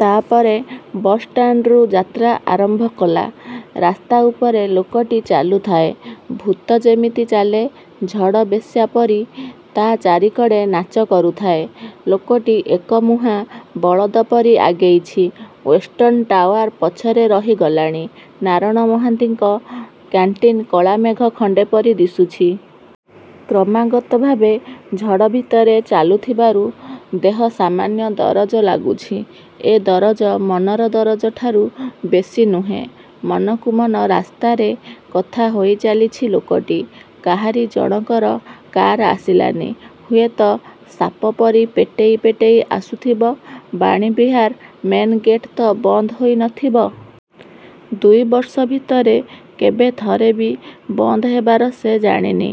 ତା'ପରେ ବସ୍ଷ୍ଟାଣ୍ଡରୁ ଯାତ୍ରା ଆରମ୍ଭ କଲା। ରାସ୍ତା ଉପରେ ଲୋକଟି ଚାଲୁଥାଏ। ଭୂତ ଯେମିତି ଚାଲେ। ଝଡ଼ ବେଶ୍ୟାପରି ତା' ଚାରିକଡ଼େ ନାଚ କରୁଥାଏ। ଲୋକଟି ଏକମୁହାଁ ବଳଦ ପରି ଆଗେଇଛି। ଓ୍ୱେଷ୍ଟର୍ଣ୍ଣ ଟାଓ୍ୱାର ପଛରେ ରହିଗଲାଣି। ନାରଣ ମହାନ୍ତିଙ୍କ କ୍ୟାଣ୍ଟିନ୍ କଳାମେଘ ଖଣ୍ଡେ ପରି ଦିଶୁଛି। କ୍ରମାଗତ ଭାବେ ଝଡ଼ ଭିତରେ ଚାଲୁଥିବାରୁ ଦେହ ସାମାନ୍ୟ ଦରଜ ଲାଗୁଛି। ଏ ଦରଜ ମନର ଦରଜଠାରୁ ବେଶୀନୁହେଁ। ମନକୁ ମନ ରାସ୍ତାରେ କଥା ହୋଇଚାଲିଛି ଲୋକଟି। କାହାରି ଜଣକର କାର୍ ଆସିଲାନି। ହୁଏତ ସାପ ପରି ପେଟେଇ ପେଟେଇ ଆସୁଥିବ। ବାଣୀବିହାର ମେନଗେଟ୍ ତ ବନ୍ଦ ହୋଇ ନଥିବ। ଦୁଇ ବର୍ଷ ଭିତରେ କେବେ ଥରେ ବି ବନ୍ଦ ହେବାର ସେ ଜାଣିନି।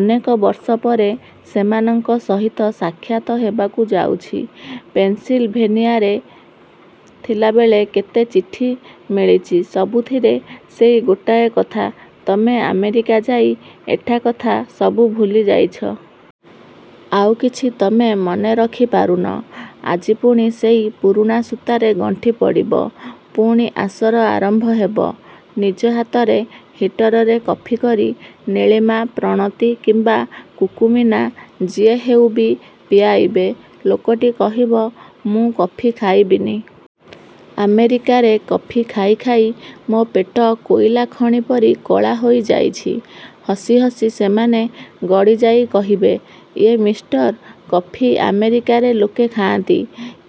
ଅନେକ ବର୍ଷ ପରେ ସେମାନଙ୍କ ସହିତ ସାକ୍ଷାତ ହେବାକୁ ଯାଉଛି। ପେନ୍ସିଲ୍-ଭେନିଆରେ ଥିଲାବେଳେ କେତେ ଚିଠି ମିଳିଛି। ସବୁଥିରେ ସେଇ ଗୋଟାଏ କଥା 'ତମେ ଆମେରିକା ଯାଇ ଏଠା କଥା ସବୁ ଭୁଲିଯାଇଛ। ଆଉ କିଛି ତମେ ମନେ ରଖି ପାରୁନ। '' ଆଜି ପୁଣି ସେଇ ପୁରୁଣା ସୂତାରେ ଗଣ୍ଠି ପଡ଼ିବ। ପୁଣି ଆସର ଆରମ୍ଭ ହେବ। ନିଜ ହାତରେ ହିଟରରେ କଫିକରି ନୀଳିମା, ପ୍ରଣତୀ କିମ୍ବା କୁକୁମୀନା ଯିଏ ହେଉବି ପିଆଇବେ। ଲୋକଟି କହିବ, ମୁଁ କଫି ଖାଇବିନି। ଆମେରିକାରେ କଫି ଖାଇ ଖାଇ ମୋ ପେଟ କୋଇଲା ଖଣି ପରି କଳା ହୋଇଯାଇଛି-। ହସି ହସି ସେମାନେ ଗଡ଼ିଯାଇ କହିବେ, ''ୟେ ମିଷ୍ଟର; କଫି ଆମେରିକାରେ ଲୋକେ ଖାଆନ୍ତି,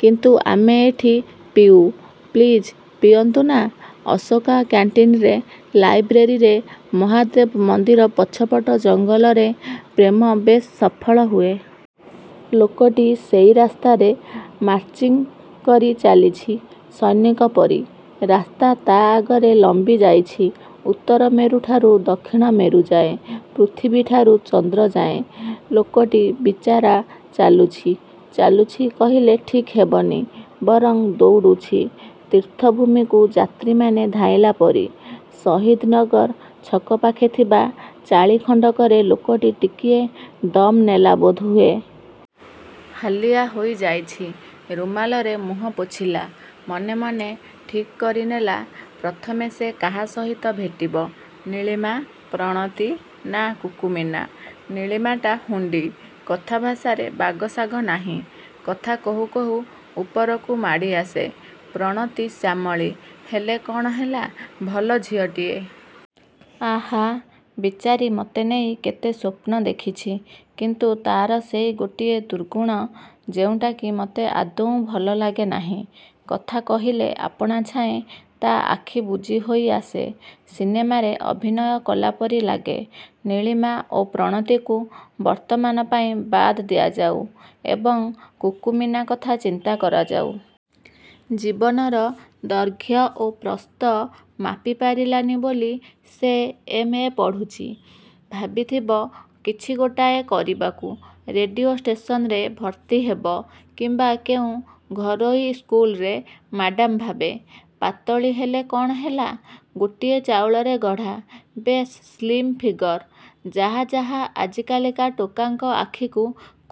କିନ୍ତୁ ଆମେ ଏଠି ପିଉ। ପ୍ଲିଜ; ପିଅନ୍ତୁ ନା! ଅଶୋକା କ୍ୟାଣ୍ଟିନରେ ଲାଇବ୍ରେରିରେ, ମହାଦେବ ମନ୍ଦିର ପଛପଟ ଜଙ୍ଗଲରେ ପ୍ରେମ ବେଶ୍ ସଫଳ ହୁଏ। ଲୋକଟି ସେଇ ରାସ୍ତାରେ ମାର୍ଚ୍ଚିଂକରି ଚାଲିଛି ସୈନିକ ପରି। ରାସ୍ତା ତା' ଆଗରେ ଲମ୍ବିଯାଇଛି ଉତ୍ତର ମେରୁଠାରୁ ଦକ୍ଷିଣ ମେରୁଯାଏଁ-। ପୃଥିବୀଠାରୁ ଚନ୍ଦ୍ରଯାଏଁ। ଲୋକଟି ବିଚାରା ଚାଲୁଛି। ଚାଲୁଛି କହିଲେ ଠିକ୍ ହେବନି-। ବରଂ ଦୌଡ଼ୁଛି। ତୀର୍ଥଭୂମିକୁ ଯାତ୍ରୀମାନେ ଧାଇଁଲା ପରି। ଶହୀଦନଗର ଛକ ପାଖେ ଥିବା ଚାଳି ଖଣ୍ଡକରେ ଲୋକଟି ଟିକିଏ ଦମ୍ ନେଲା ବୋଧହୁଏ। ହାଲିଆ ହୋଇଯାଇଛି। ରୁମାଲରେ ମୁହଁ ପୋଛିଲା। ମନେମନେ ଠିକ୍ କରିନେଲା ପ୍ରଥମେ ସେ କାହା ସହିତ ଭେଟିବ। ନୀଳିମା, ପ୍ରଣତୀ ନାଁ କୁକୁମୀନା? ନୀଳିମାଟା ହୁଣ୍ଡି, କଥାଭାଷାରେ ବାଗସାଗ ନାହିଁ। କଥା କହୁକହୁ ଉପରକୁ ମାଡ଼ିଆସେ। ପ୍ରଣତୀ ଶ୍ୟାମଳୀ ହେଲେ କ'ଣ ହେଲା, ଭଲ ଝିଅଟିଏ। ଆହାଃ, ବିଚାରୀ ମତେ ନେଇ କେତେ ସ୍ୱପ୍ନ ଦେଖିଛି। କିନ୍ତୁ ତା'ର ସେଇ ଗୋଟିଏ ଦୁର୍ଗୁଣ, ଯେଉଁଟାକି ମତେ ଆଦୌ ଭଲ ଲାଗେନାହିଁ। କଥା କହିଲେ ଆପଣା ଛାଏଁ ତା' ଆଖି ବୁଜି ହୋଇ ଆସେ। ସିନେମାରେ ଅଭିନୟ କଲାପରି ଲାଗେ। ନୀଳିମା ଓ ପ୍ରଣତୀକୁ ବର୍ତ୍ତମାନ ପାଇଁ ବାଦ୍ ଦିଆଯାଉ ଏବଂ କୁକୁମୀନା କଥା ଚିନ୍ତା କରାଯାଉ। ଜୀବନର ଦୈର୍ଘ୍ୟ ଓ ପ୍ରସ୍ଥ ମାପି ପାରିଲାନି ବୋଲି ସେ ଏମ୍. ଏ ପଢ଼ୁଛି। ଭାବିଥିବ କିଛି ଗୋଟାଏ କରିବାକୁ। ରେଡ଼ିଓ ଷ୍ଟେସନରେ ଭର୍ତ୍ତି ହେବ କିମ୍ବା କେଉଁ ଘରୋଇ ସ୍କୁଲରେ ମ୍ୟାଡମ୍ ଭାବେ। ପାତଳୀ ହେଲେ କ'ଣ ହେଲା; ଗୋଟିଏ ଚାଉଳରେ ଗଢ଼ା। ବେଶ୍ ସ୍ଳିମ୍ ଫିଗର; ଯାହା ଯାହା ଆଜିକାଲିକା ଟୋକାଙ୍କ ଆଖିକୁ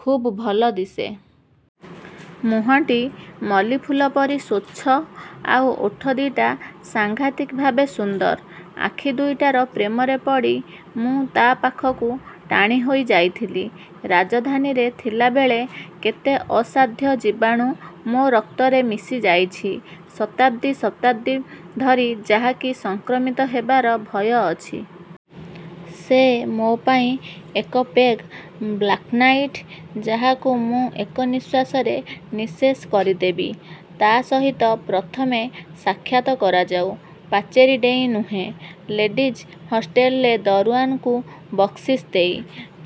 ଖୁବ୍ ଭଲ ଦିଶେ। ମୁହଁଟି ମଲ୍ଲୀଫୁଲ ପରି ସ୍ୱଚ୍ଛ, ଆଉ ଓଠ ଦିଟା ସାଂଘାତିକ ଭାବେ ସୁନ୍ଦର। ଆଖି ଦୁଇଟାର ପ୍ରେମରେ ପଡ଼ି ମୁଁ ତା' ପାଖକୁ ଟାଣି ହୋଇ ଯାଇଥିଲି। ରାଜଧାନୀରେ ଥିଲାବେଳେ କେତେ ଅସାଧ୍ୟ ଜୀବାଣୁ ମୋ ରକ୍ତରେ ମିଶିଯାଇଛି। ଶତାବ୍ଦୀ ଶତାବ୍ଦୀ ଧରି ଯାହା କି ସଂକ୍ରମିତ ହେବାର ଭୟ ଅଛି। ସେ ମୋ ପାଇଁ ଏକ ପେଗ୍ ବ୍ଲାକ୍ନାଇଟ୍, ଯାହାକୁ ମୁଁ ଏକ ନିଃଶ୍ୱାସରେ ନିଃଶେଷ କରିଦେବି। ତା' ସହିତ ପ୍ରଥମେ ସାକ୍ଷାତ କରାଯାଉ। ପାଚେରୀ ଡେଇଁ ନୁହେଁ। ଲେଡ଼ିଜ୍ ହଷ୍ଟେଲରେ ଦରଓ୍ୱାନକୁ ବକ୍ସିସ ଦେଇ।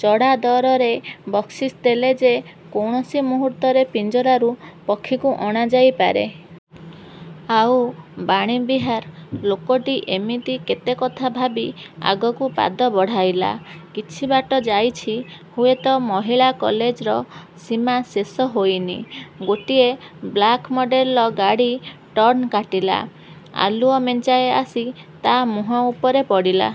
ଚଢ଼ାଦରରେ ବକ୍ସିସ ଦେଲେ ଯେ କୌଣସି ମୁହୂର୍ତ୍ତରେ ପିଞ୍ଜରାରୁ ପକ୍ଷୀକୁ ଅଣାଯାଇ ପାରେ। ଆଉ ବାଣୀବିହାର। ଲୋକଟି ଏମିତି କେତେ କଥା ଭାବି ଆଗକୁ ପାଦ ବଢ଼ାଇଲା। କିଛି ବାଟ ଯାଇଛି, ହୁଏତ ମହିଳା କଲେଜର ସୀମା ଶେଷ ହୋଇନି, ଗୋଟିଏ ବ୍ଲାକ ମଡେଲର ଗାଡ଼ି ଟର୍ଣ୍ଣ କାଟିଲା। ଆଲୁଅ ମେଞ୍ଚାଏ ଆସି ତା' ମୁହଁ ଉପରେ ପଡ଼ିଲା।